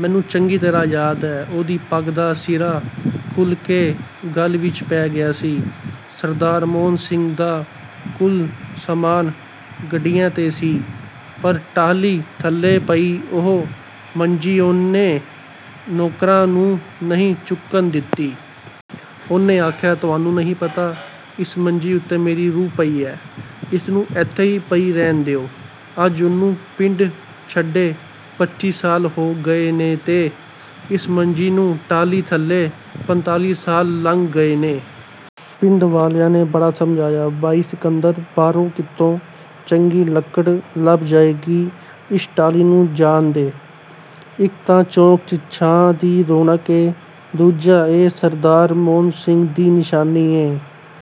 ਮੈਨੂੰ ਚੰਗੀ ਤਰ੍ਹਾਂ ਯਾਦ ਏ, ਉਹਦੀ ਪੱਗ ਦਾ ਸਿਰਾ ਖੁੱਲ੍ਹ ਕੇ ਗਲ ਵਿਚ ਪੈ ਗਿਆ ਸੀ। ਸਰਦਾਰ ਮੋਹਨ ਸਿੰਘ ਦਾ ਕੁੱਲ ਸਾਮਾਨ ਗੱਡਿਆਂ ਤੇ ਸੀ, ਪਰ ਟਾਹਲੀ ਥੱਲੇ ਪਈ ਉਹ ਮੰਜੀ ਉਹਨੇ ਨੌਕਰਾਂ ਨੂੰ ਨਹੀਂ ਚੁੱਕਨ ਦਿੱਤੀ। ਉਹਨੇ ਆਖਿਆ, "ਤੁਹਾਨੂੰ ਨਹੀਂ ਪਤਾ, ਇਸ ਮੰਜੀ ਉੱਤੇ ਮੇਰੀ ਰੂਹ ਪਈ ਏ। ਇਹਨੂੰ ਇੱਥੇ ਹੀ ਪਈ ਰਹਿਣ ਦਿਓ।" ਅੱਜ ਉਹਨੂੰ ਪਿੰਡ ਛੱਡੇ ਪੱਚੀ ਸਾਲ ਹੋ ਗਏ ਨੇ ਤੇ ਇਸ ਮੰਜੀ ਨੂੰ ਟਾਹਲੀ ਥੱਲੇ ਪੰਤਾਲੀ ਸਾਲ ਲੰਘ ਗਏ ਨੇ। ਪਿੰਡ ਵਾਲਿਆਂ ਨੇ ਬੜਾ ਸਮਝਾਇਆ, "ਭਾਈ ਸਿਕੰਦਰ! ਬਾਹਰੋਂ ਕਿਤੋਂ ਚੰਗੀ ਲੱਕੜ ਲੱਭ ਜਾਏਗੀ। ਇਸ ਟਾਹਲੀ ਨੂੰ ਜਾਣ ਦੇ। ਇਕ ਤਾਂ ਚੌਕ 'ਚ ਛਾਂ ਦੀ ਰੌਣਕ ਏ, ਦੂਜਾ ਇਹ ਸਰਦਾਰ ਮੋਹਨ ਸਿੰਘ ਦੀ ਨਿਸ਼ਾਨੀ ਏ।"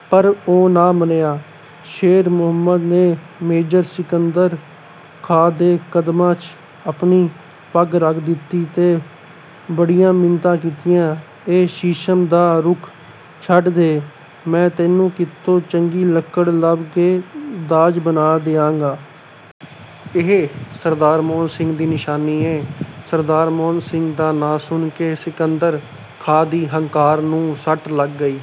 ਪਰ ਉਹ ਨਾ ਮੰਨਿਆ। ਸ਼ੇਰ ਮੁਹੰਮਦ ਨੇ ਮੇਜਰ ਸਿਕੰਦਰ ਖਾਂ ਦੇ ਕਦਮਾਂ 'ਚ ਅਪਨੀ ਪੱਗ ਰੱਖ ਦਿੱਤੀ ਤੇ ਬੜੀਆਂ ਮਿੰਨਤਾਂ ਕੀਤੀਆਂ, "ਇਹ ਸ਼ੀਸ਼ਮ ਦਾ ਰੁੱਖ ਛੱਡ ਦੇ। ਮੈਂ ਤੈਨੂੰ ਕਿਤੋਂ ਚੰਗੀ ਲੱਕੜ ਲੱਭ ਕੇ ਦਾਜ ਬਣਾ ਦਿਆਂਗਾ। ਇਹ ਸਰਦਾਰ ਮੋਹਨ ਸਿੰਘ ਦੀ ਨਿਸ਼ਾਨੀ ਏ।" ਸਰਦਾਰ ਮੋਹਨ ਸਿੰਘ ਦਾ ਨਾਂ ਸੁਣ ਕੇ ਸਿਕੰਦਰ ਖਾਂ ਦੀ ਹੰਕਾਰ ਨੂੰ ਸੱਟ ਲੱਗ ਗਈ।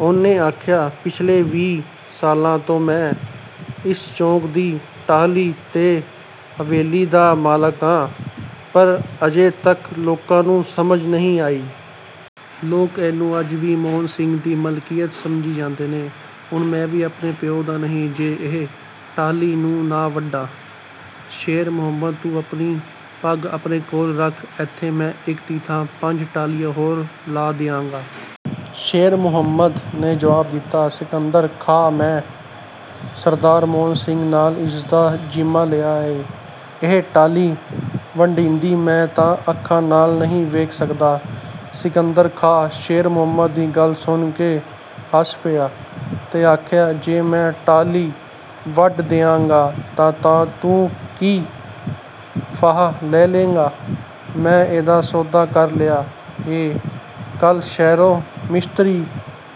ਉਹਨੇ ਆਖਿਆ, "ਪਿਛਲੇ ਵੀਹ ਸਾਲ ਤੋਂ ਮੈਂ ਇਸ ਚੌਕ ਦੀ ਟਾਹਲੀ ਤੇ ਹਵੇਲੀ ਦਾ ਮਾਲਕ ਆਂ, ਪਰ ਅਜੇ ਤੱਕ ਲੋਕਾਂ ਨੂੰ ਸਮਝ ਨਹੀਂ ਆਈ। ਲੋਕ ਇਹਨੂੰ ਅੱਜ ਵੀ ਮੋਹਨ ਸਿੰਘ ਦੀ ਮਲਕੀਅਤ ਸਮਝੀ ਜਾਂਦੇ ਨੇ। ਹੁਣ ਮੈਂ ਵੀ ਆਪਣੇ ਪਿਓ ਦਾ ਨਹੀਂ, ਜੇ ਇਹ ਟਾਹਲੀ ਨੂੰ ਨਾ ਵੱਢਾਂ। ਸ਼ੇਰ ਮੁਹੰਮਦ, ਤੂੰ ਆਪਣੀ ਪੱਗ ਆਪਣੇ ਕੋਲ ਰੱਖ। ਇੱਥੇ ਮੈਂ ਇਕ ਦੀ ਥਾਂ ਪੰਜ ਟਾਹਲੀਆਂ ਹੋਰ ਲਾ ਦਿਆਂਗਾ।" ਸ਼ੇਰ ਮੁਹੰਮਦ ਨੇ ਜਵਾਬ ਦਿੱਤਾ, "ਸਿਕੰਦਰ ਖਾਂ, ਮੈਂ ਸਰਦਾਰ ਮੋਹਨ ਸਿੰਘ ਨਾਲ ਇਸ ਦਾ ਜ਼ਿੰਮਾ ਲਿਆ ਏ। ਇਹ ਟਾਹਲੀ ਵੱਢੀਂਦੀ ਮੈਂ ਤਾਂ ਅੱਖਾਂ ਨਾਲ ਨਹੀਂ ਵੇਖ ਸਕਦਾ।" ਸਿਕੰਦਰ ਖਾਂ ਸ਼ੇਰ ਮੁਹੰਮਦ ਦੀ ਗੱਲ ਸੁਣ ਕੇ ਹੱਸ ਪਿਆ ਤੇ ਆਖਿਆ, "ਜੇ ਮੈਂ ਟਾਹਲੀ ਵੱਢ ਦਿਆਂਗਾ ਤਾਂ ਤੂੰ ਕੀ ਫਾਹਾ ਲੈ ਲੈਂਗਾ? ਮੈਂ ਇਹਦਾ ਸੌਦਾ ਕਰ ਲਿਆ ਏ। ਕੱਲ੍ਹ ਸ਼ਹਿਰੋਂ ਮਿਸਤਰੀ..."